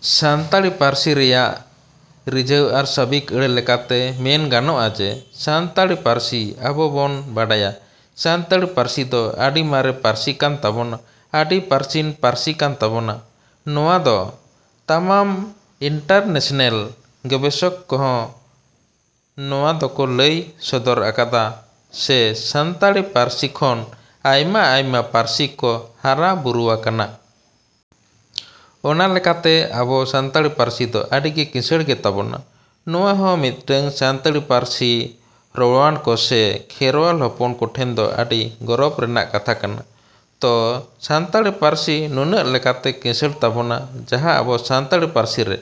ᱥᱟᱱᱛᱟᱲᱤ ᱯᱟᱹᱨᱥᱤ ᱨᱮᱭᱟᱜ ᱨᱤᱡᱷᱟᱹᱣ ᱟᱨ ᱥᱟᱹᱵᱤᱠ ᱟᱹᱲᱟᱹ ᱞᱮᱠᱟᱛᱮ ᱢᱮᱱ ᱜᱟᱱᱚᱜᱼᱟ ᱡᱮ, ᱥᱟᱱᱛᱟᱲᱤ ᱯᱟᱹᱨᱥᱤ ᱟᱵᱚ ᱵᱚᱱ ᱵᱟᱰᱟᱭᱟ, ᱥᱟᱱᱛᱟᱲᱤ ᱯᱟᱹᱨᱥᱤ ᱫᱚ ᱟᱹᱰᱤ ᱢᱟᱨᱮ ᱯᱟᱹᱨᱥᱤ ᱠᱟᱱ ᱛᱟᱵᱚᱱᱟ, ᱟᱹᱰᱤ ᱯᱨᱟᱪᱤᱱ ᱯᱟᱹᱨᱥᱤ ᱠᱟᱱ ᱛᱟᱵᱚᱱᱟ᱾ ᱱᱚᱣᱟ ᱫᱚ ᱛᱟᱢᱟᱢ ᱤᱱᱴᱟᱨᱱᱮᱥᱱᱮᱞ ᱜᱚᱵᱮᱥᱚᱠ ᱠᱚᱦᱚᱸ ᱱᱚᱣᱟ ᱫᱚᱠᱚ ᱞᱟᱹᱭ ᱥᱚᱫᱚᱨ ᱟᱠᱟᱫᱟ ᱥᱮ ᱥᱟᱱᱛᱟᱲᱤ ᱯᱟᱹᱨᱥᱤ ᱠᱷᱚᱱ ᱟᱭᱢᱟ-ᱟᱭᱢᱟ ᱯᱟᱹᱨᱥᱤ ᱠᱚ ᱦᱟᱨᱟ ᱵᱩᱨᱩᱣᱟᱠᱟᱱᱟ᱾ ᱚᱱᱟ ᱞᱮᱠᱟᱛᱮ ᱟᱵᱚ ᱥᱟᱱᱛᱟᱲᱤ ᱯᱟᱹᱨᱥᱤ ᱫᱚ ᱟᱹᱰᱤ ᱜᱮ ᱠᱤᱥᱟᱹᱬ ᱜᱮᱛᱟ ᱵᱚᱱᱟ᱾ ᱱᱚᱣᱟ ᱦᱚᱸ ᱢᱤᱫᱴᱟᱝ ᱥᱟᱱᱛᱟᱲᱤ ᱯᱟᱹᱨᱥᱤ ᱨᱚᱲᱣᱟᱱ ᱠᱚ ᱥᱮ ᱠᱷᱮᱨᱣᱟᱞ ᱦᱚᱯᱚᱱ ᱠᱚᱴᱷᱮᱱ ᱫᱚ ᱟᱹᱰᱤ ᱜᱚᱨᱚᱵᱽ ᱨᱮᱱᱟᱜ ᱠᱟᱛᱷᱟ ᱠᱟᱱᱟ᱾ ᱛᱚ ᱥᱟᱱᱛᱟᱲᱤ ᱯᱟᱹᱨᱥᱤ ᱱᱩᱱᱟᱹᱜ ᱞᱮᱠᱟᱛᱮ ᱠᱤᱥᱟᱹᱬ ᱛᱟᱵᱚᱱᱟ ᱡᱟᱦᱟᱸ ᱟᱵᱚ ᱥᱟᱱᱛᱟᱲᱤ ᱯᱟᱹᱨᱥᱤ ᱨᱮ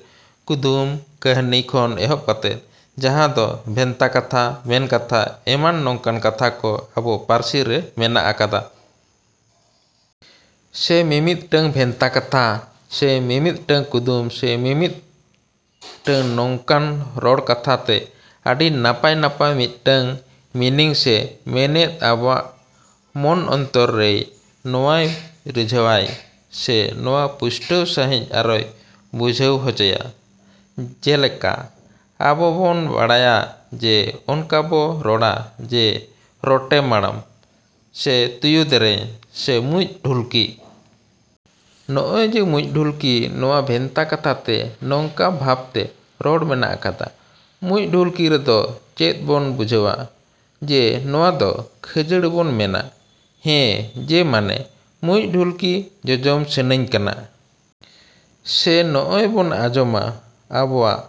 ᱠᱩᱫᱩᱢ, ᱠᱟᱹᱦᱟᱹᱱᱤ ᱠᱷᱚᱱ ᱮᱦᱚᱵ ᱠᱟᱛᱮᱫ ᱡᱟᱦᱟᱸ ᱫᱚ ᱵᱷᱮᱱᱛᱟ ᱠᱟᱛᱷᱟ, ᱢᱮᱱ ᱠᱟᱛᱷᱟ, ᱮᱢᱟᱱ ᱱᱚᱝᱠᱟᱱ ᱠᱟᱛᱷᱟ ᱠᱚ ᱟᱵᱚ ᱯᱟᱹᱨᱥᱤ ᱨᱮ ᱢᱮᱱᱟᱜ ᱟᱠᱟᱫᱟ᱾ ᱥᱮ ᱢᱤᱢᱤᱫᱴᱟᱝ ᱵᱷᱮᱱᱛᱟ ᱠᱟᱛᱷᱟ ᱥᱮ ᱢᱤᱢᱤᱫᱴᱟᱝ ᱠᱩᱫᱩᱢ ᱛᱮ ᱥᱮ ᱢᱤᱢᱤᱫᱴᱟᱝ ᱱᱚᱝᱠᱟᱱ ᱨᱚᱲ ᱠᱟᱛᱷᱟ ᱛᱮ ᱟᱹᱰᱤ ᱱᱟᱯᱟᱭ-ᱱᱟᱯᱟᱭ ᱢᱤᱫᱴᱟᱝ ᱢᱤᱱᱤᱝ ᱥᱮ ᱢᱮᱱᱮᱛ ᱟᱵᱚᱣᱟᱜ ᱢᱚᱱ ᱚᱱᱛᱚᱨᱮᱭ ᱱᱚᱣᱟᱭ ᱨᱤᱡᱷᱟᱹᱣᱟᱭ ᱥᱮ ᱱᱚᱣᱟ ᱯᱩᱥᱴᱟᱹᱣ ᱥᱟᱺᱦᱤᱡ ᱟᱨᱚᱭ ᱵᱩᱡᱷᱟᱹᱣ ᱦᱚᱪᱚᱭᱟ᱾ ᱡᱮᱞᱮᱠᱟ ᱟᱵᱚ ᱵᱚᱱ ᱵᱟᱲᱟᱭᱟ ᱡᱮ ᱚᱱᱠᱟ ᱵᱚ ᱨᱚᱲᱟ ᱡᱮ ᱨᱚᱴᱮ ᱢᱟᱬᱚᱢ ᱥᱮ ᱛᱩᱭᱩ ᱫᱮᱨᱮᱧ ᱥᱮ ᱢᱩᱸᱡ ᱰᱷᱩᱞᱠᱤ᱾ ᱱᱚᱜᱼᱚᱭ ᱡᱮ ᱢᱩᱸᱡ ᱰᱷᱩᱞᱠᱤ ᱱᱚᱣᱟ ᱵᱷᱮᱱᱛᱟ ᱠᱟᱛᱷᱟ ᱛᱮ ᱱᱚᱝᱠᱟ ᱵᱷᱟᱵᱽ ᱛᱮ ᱨᱚᱲ ᱢᱮᱱᱟᱜ ᱟᱠᱟᱫᱟ᱾ ᱢᱩᱸᱡ ᱰᱷᱩᱞᱠᱤ ᱨᱮᱫᱚ ᱪᱮᱫ ᱵᱚᱱ ᱵᱩᱡᱷᱟᱹᱣᱟ? ᱡᱮ ᱱᱚᱣᱟ ᱫᱚ ᱠᱷᱟᱹᱡᱟᱹᱲᱤ ᱵᱚᱱ ᱢᱮᱱᱟ᱾ ᱦᱮᱸ ᱡᱮ ᱢᱟᱱᱮ ᱢᱩᱸᱡ ᱰᱷᱩᱞᱠᱤ ᱡᱚᱡᱚᱢ ᱥᱟᱱᱟᱹᱧ ᱠᱟᱱᱟ᱾ ᱥᱮ ᱱᱚᱜᱼᱚᱭ ᱵᱚᱱ ᱟᱡᱚᱢᱟ ᱟᱵᱚᱣᱟᱜ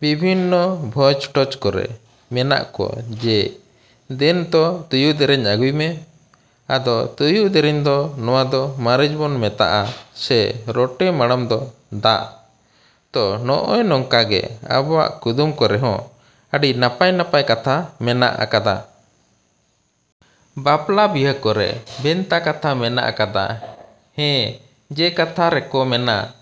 ᱵᱤᱵᱷᱤᱱᱱᱚ ᱵᱷᱚᱡᱽ ᱴᱚᱡᱽ ᱠᱚᱨᱮ ᱢᱮᱱᱟᱜ ᱠᱚ ᱡᱮ ᱫᱮᱱ ᱛᱚ ᱛᱩᱭᱩ ᱫᱮᱨᱮᱧ ᱟᱹᱜᱩᱭ ᱢᱮ᱾ ᱟᱫᱚ ᱛᱩᱭᱩ ᱫᱮᱨᱮᱧ ᱫᱚ ᱱᱚᱣᱟ ᱫᱚ ᱢᱟᱹᱨᱤᱪ ᱵᱚᱱ ᱢᱮᱛᱟᱜᱼᱟ ᱥᱮ ᱨᱚᱴᱮ ᱢᱟᱬᱚᱢ ᱫᱚ ᱫᱟᱜ᱾ ᱛᱚ ᱱᱚᱜᱼᱚᱭ ᱱᱚᱝᱠᱟ ᱜᱮ ᱟᱵᱚᱣᱟᱜ ᱠᱩᱫᱩᱢ ᱠᱚᱨᱮ ᱦᱚᱸ ᱟᱹᱰᱤ ᱱᱟᱯᱟᱭᱼᱱᱟᱯᱟᱭ ᱠᱟᱛᱷᱟ ᱢᱮᱱᱟᱜ ᱟᱠᱟᱫᱟ᱾ ᱵᱟᱯᱞᱟ ᱵᱤᱦᱟᱹ ᱠᱚᱨᱮ ᱵᱷᱮᱱᱛᱟ ᱠᱟᱛᱷᱟ ᱢᱮᱱᱟᱜ ᱟᱠᱟᱫᱟ᱾ ᱦᱮᱸ ᱡᱮ ᱠᱟᱛᱷᱟ ᱨᱮᱠᱚ ᱢᱮᱱᱟ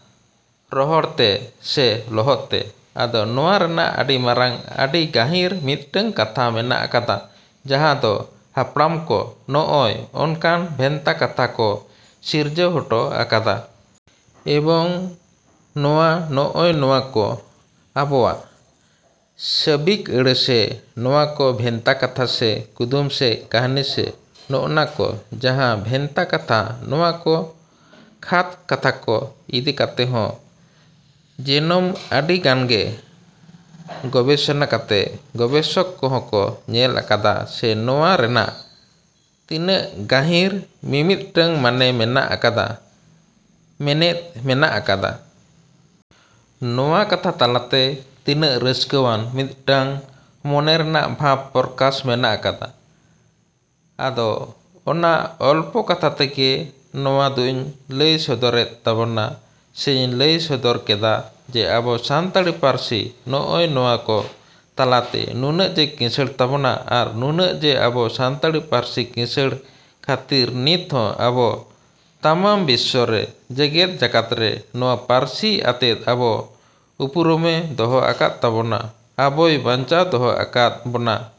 ᱨᱚᱦᱚᱲ ᱛᱮ ᱥᱮ ᱞᱚᱦᱚᱫ ᱛᱮ᱾ ᱟᱫᱚ ᱱᱚᱣᱟ ᱨᱮᱱᱟᱜ ᱟᱹᱰᱤ ᱢᱟᱨᱟᱝ ᱟᱹᱰᱤ ᱜᱟᱹᱦᱤᱨ ᱢᱤᱫᱴᱟᱝ ᱠᱟᱛᱷᱟ ᱢᱮᱱᱟᱜ ᱟᱠᱟᱫᱟ ᱡᱟᱦᱟᱸ ᱫᱚ ᱦᱟᱯᱲᱟᱢ ᱠᱚ ᱱᱚᱜᱼᱚᱭ ᱚᱱᱠᱟᱱ ᱵᱷᱮᱱᱛᱟ ᱠᱟᱛᱷᱟ ᱠᱚ ᱥᱤᱨᱡᱟᱹᱣ ᱦᱚᱴᱚ ᱟᱠᱟᱫᱟ᱾ ᱮᱵᱚᱝ ᱱᱚᱣᱟ ᱱᱚᱜᱼᱚᱭ ᱱᱚᱣᱟ ᱠᱚ ᱟᱵᱚᱣᱟᱜ ᱥᱟᱹᱵᱤᱠ ᱟᱹᱲᱟᱹ ᱥᱮ ᱱᱚᱣᱟ ᱠᱚ ᱵᱷᱮᱱᱛᱟ ᱠᱟᱛᱷᱟ ᱥᱮ ᱠᱩᱫᱩᱢ ᱥᱮ ᱠᱟᱹᱦᱟᱹᱱᱤ ᱥᱮ ᱱᱚᱜᱼᱱᱟ ᱠᱚ ᱡᱟᱦᱟᱸ ᱵᱷᱮᱱᱛᱟ ᱠᱟᱛᱷᱟ ᱱᱚᱣᱟ ᱠᱚ ᱠᱷᱟᱛ ᱠᱟᱛᱷᱟ ᱠᱚ ᱤᱫᱤ ᱠᱟᱛᱮ ᱦᱚᱸ ᱡᱮᱱᱚᱢ ᱟᱹᱰᱤ ᱜᱟᱱ ᱜᱮ ᱜᱚᱵᱮᱥᱚᱱᱟ ᱠᱟᱛᱮ ᱜᱚᱵᱮᱥᱚᱠ ᱠᱚᱦᱚᱸ ᱠᱚ ᱧᱮᱞ ᱟᱠᱟᱫᱟ ᱥᱮ ᱱᱚᱣᱟ ᱨᱮᱱᱟᱜ ᱛᱤᱱᱟᱹᱜ ᱜᱟᱹᱦᱤᱨ ᱢᱤᱢᱤᱫᱴᱟᱝ ᱢᱟᱱᱮ ᱢᱮᱱᱟᱜ ᱟᱠᱟᱫᱟ, ᱢᱮᱱᱮᱛ ᱢᱮᱱᱟᱜ ᱟᱠᱟᱫᱟ᱾ ᱱᱚᱣᱟ ᱠᱟᱛᱷᱟ ᱛᱟᱞᱟᱛᱮ ᱛᱤᱱᱟᱹᱜ ᱨᱟᱹᱥᱠᱟᱹᱣᱟᱱ ᱢᱤᱫᱴᱟᱝ ᱢᱚᱱᱮ ᱨᱮᱱᱟᱜ ᱵᱷᱟᱵᱽ ᱯᱨᱚᱠᱟᱥ ᱢᱮᱱᱟᱜ ᱟᱠᱟᱫᱟ᱾ ᱟᱫᱚ ᱚᱱᱟ ᱚᱞᱯᱚ ᱠᱟᱛᱷᱟ ᱛᱮᱜᱮ ᱱᱚᱣᱟ ᱫᱚᱹᱧ ᱞᱟᱹᱭ ᱥᱚᱫᱚᱨᱮᱫ ᱛᱟᱵᱚᱱᱟ ᱥᱮᱧ ᱞᱟᱹᱭ ᱥᱚᱫᱚᱨ ᱠᱮᱫᱟ ᱡᱮ ᱟᱵᱚ ᱥᱟᱱᱛᱟᱲᱤ ᱯᱟᱹᱨᱥᱤ ᱱᱚᱜᱼᱚᱭ ᱱᱚᱣᱟ ᱠᱚ ᱛᱟᱞᱟᱛᱮ ᱱᱩᱱᱟᱹᱜ ᱡᱮ ᱠᱤᱥᱟᱹᱬ ᱛᱟᱵᱚᱱᱟ ᱟᱨ ᱱᱩᱱᱟᱹᱜ ᱡᱮ ᱟᱵᱚ ᱥᱟᱱᱛᱟᱲᱤ ᱯᱟᱹᱨᱥᱤ ᱠᱤᱥᱟᱹᱲ ᱠᱷᱟᱹᱛᱤᱨ ᱱᱤᱛᱦᱚᱸ ᱟᱵᱚ ᱛᱟᱢᱟᱢ ᱵᱤᱥᱥᱚ ᱨᱮ ᱜᱮᱡᱮᱛ ᱡᱟᱠᱟᱛ ᱨᱮ ᱱᱚᱣᱟ ᱯᱟᱹᱨᱥᱤ ᱟᱛᱮᱫ ᱟᱵᱚ ᱩᱯᱨᱩᱢᱮ ᱫᱚᱦᱚ ᱟᱠᱟᱫ ᱛᱟᱵᱚᱱᱟ, ᱟᱵᱚᱭ ᱵᱟᱧᱪᱟᱣ ᱫᱚᱦᱚ ᱟᱠᱟᱫ ᱵᱚᱱᱟ᱾।